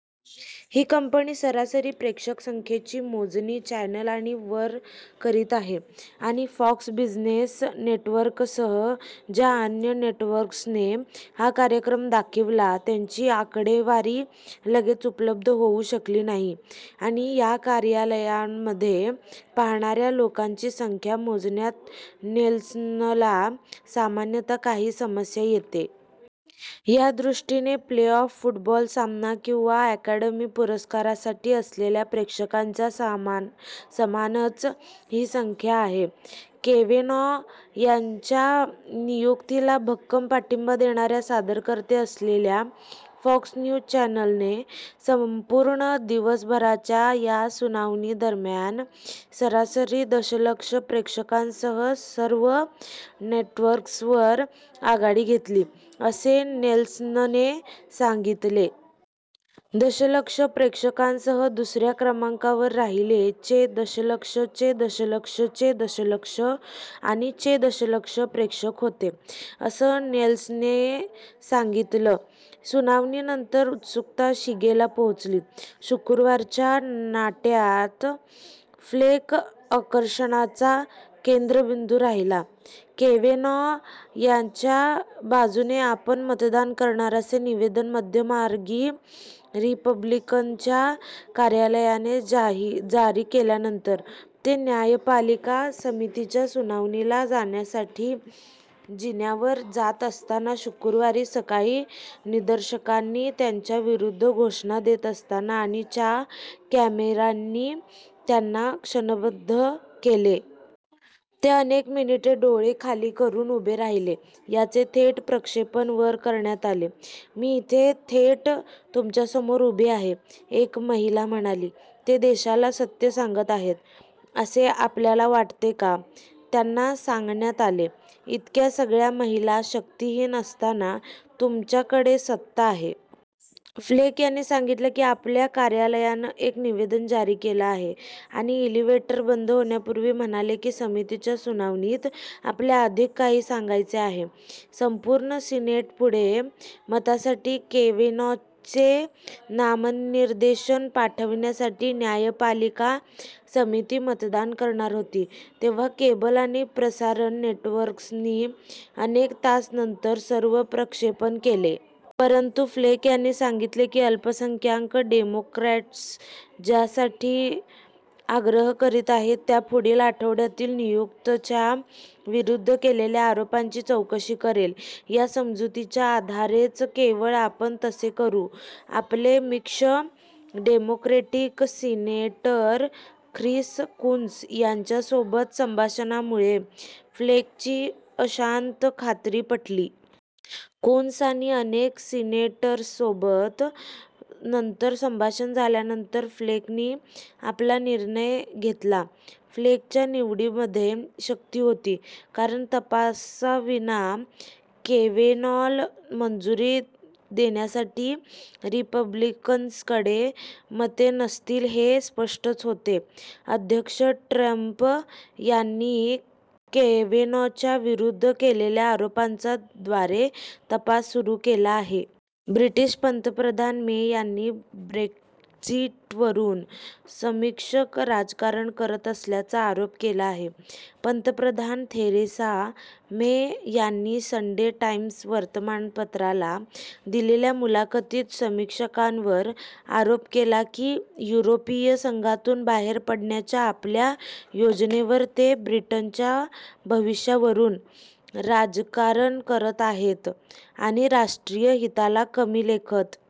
ही company सरासरी प्रेक्षक संख्येची मोजणी, चॅनल आणि वर करीत आहे., आणि फॉक्स बिझिनेस नेटवर्कसह ज्या अन्य नेटवर्क्सने हा कार्यक्रम दाखविला त्यांची आकडेवारी लगेच उपलब्ध होऊ शकली नाही. आणि कार्यालयांमध्ये पाहणाऱ्या लोकांची संख्या मोजण्यात नेल्सनला सामान्यतः काही समस्या येते. या दृष्टिने, प्लेऑफ फूटबॉल सामना किंवा अकॅडमी पुरस्कारासाठी असलेल्या प्रेक्षकांच्या समानच ही संख्या आहे. केवेनॉ यांच्या नियुक्तीला भक्कम पाठिंबा देणाऱ्या सादरकर्ते असलेल्या, फॉक्स न्यूज चॅनलने, संपूर्ण दिवसभराच्या या सुनावणीदरम्यान सरासरी दशलक्ष प्रेक्षकांसह सर्व नेटवर्क्सवर आघाडी घेतली, असे नेल्सनने सांगितले. दशलक्ष प्रेक्षकांसह दुसऱ्या क्रमांकावर राहिले. चे दशलक्ष, चे दशलक्ष, चे दशलक्ष आणि चे दशलक्ष प्रेक्षक होते, असं नेल्सनने सांगितलं. सुनावणीनंतर उत्सुकता शिगेला पोहोचली. शुक्रवारच्या नाट्यात फ्लेक आकर्षणाचा केंद्रबिंदू राहिला. केवेनॉ यांच्या बाजूने आपण मतदान करणार असे निवेदन मध्यमार्गी रिपब्लिकनच्या कार्यालयाने जारी केल्यानंतर, ते न्यायपालिका समितीच्या सुनावणीला जाण्यासाठी जिन्यावर जात असताना शुक्रवारी सकाळी निदर्शकांनी त्यांच्याविरुद्ध घोषणा देत असताना आणि च्या कॅमेऱ्यांनी त्यांना क्षणबद्ध केले. ते अनेक मिनिटे डोळे खाली करुन उभे राहिले, याचे थेट प्रक्षेपण वर करण्यात आले. "मी इथे थेट तुमच्यासमोर उभी आहे," एक महिला म्हणाली. "ते देशाला सत्य सांगत आहेत असे आपल्याला वाटते का? त्यांना सांगण्यात आले, "इतक्या सगळ्या महिला शक्तिहीन असताना तुमच्याकडे सत्ता आहे. " फ्लेक यांनी सांगितलं की आपल्या कार्यालयानं एक निवेदन जारी केलं आहे आणि इलेवेटर बंद होण्यापूर्वी म्हणाले, की समितीच्या सुनावणीत आपल्याला अधिक काही सांगायचे आहे. संपूर्ण सिनेटपुढे मतासाठी केवेनॉचे नामनिर्देशन पाठविण्यासाठी न्यायपालिका समिती मतदान करणार होती, तेव्हा केबल आणि प्रसारण नेटवर्क्सनी अनेक तास नंतर सर्व प्रक्षेपणे केले. परंतु फ्लेक यांनी सांगितले की अल्पसंख्याक डेमोक्रॅट्स ज्यासाठी आग्रह करीत आहेत, त्या पुढील आठवड्यातील नियुक्तच्या विरुद्ध केलेल्या आरोपांची चौकशी करेल या समजुतीच्या आधारेच केवळ आपण तसे करु. आपले मिक्ष, डेमोक्रेटिक सिनेटर ख्रिस कून्स यांच्यासोबत संभाषणांमुळे फ्लेकची अंशतः खात्री पटली. कून्स आणि अनेक सिनेटर्ससोबत नंतर संभाषण झाल्यानंतर, फ्लेकनी आपला निर्णय घेतला. फ्लेकच्या निवडीमध्ये शक्ति होती, कारण तपासाविना केवेनॉला मंजुरी देण्यासाठी रिपब्लिकन्सकडे मते नसतील हे स्पष्टच होते. अध्यक्ष ट्रम्प यांनी केवेनॉच्या विरुद्ध केलेल्या आरोपांचा द्वारे तपास सुरु केला आहे. ब्रिटीश पंतप्रधान मे यांनी ब्रेक्झिटवरुन समीक्षक 'राजकारण करत असल्याचा' आरोप केला आहे पंतप्रधान थेरेसा मे यांनी संडे टाईम्स वर्तमानपत्राला दिलेल्या मुलाखतीत समीक्षकांवर आरोप केला की युरोपिय संघातून बाहेर पडण्याच्या आपल्या योजनेवर ते ब्रिटनच्या भविष्यावरुन "राजकारण करत आहेत" आणि राष्ट्रीय हिताला कमी लेखत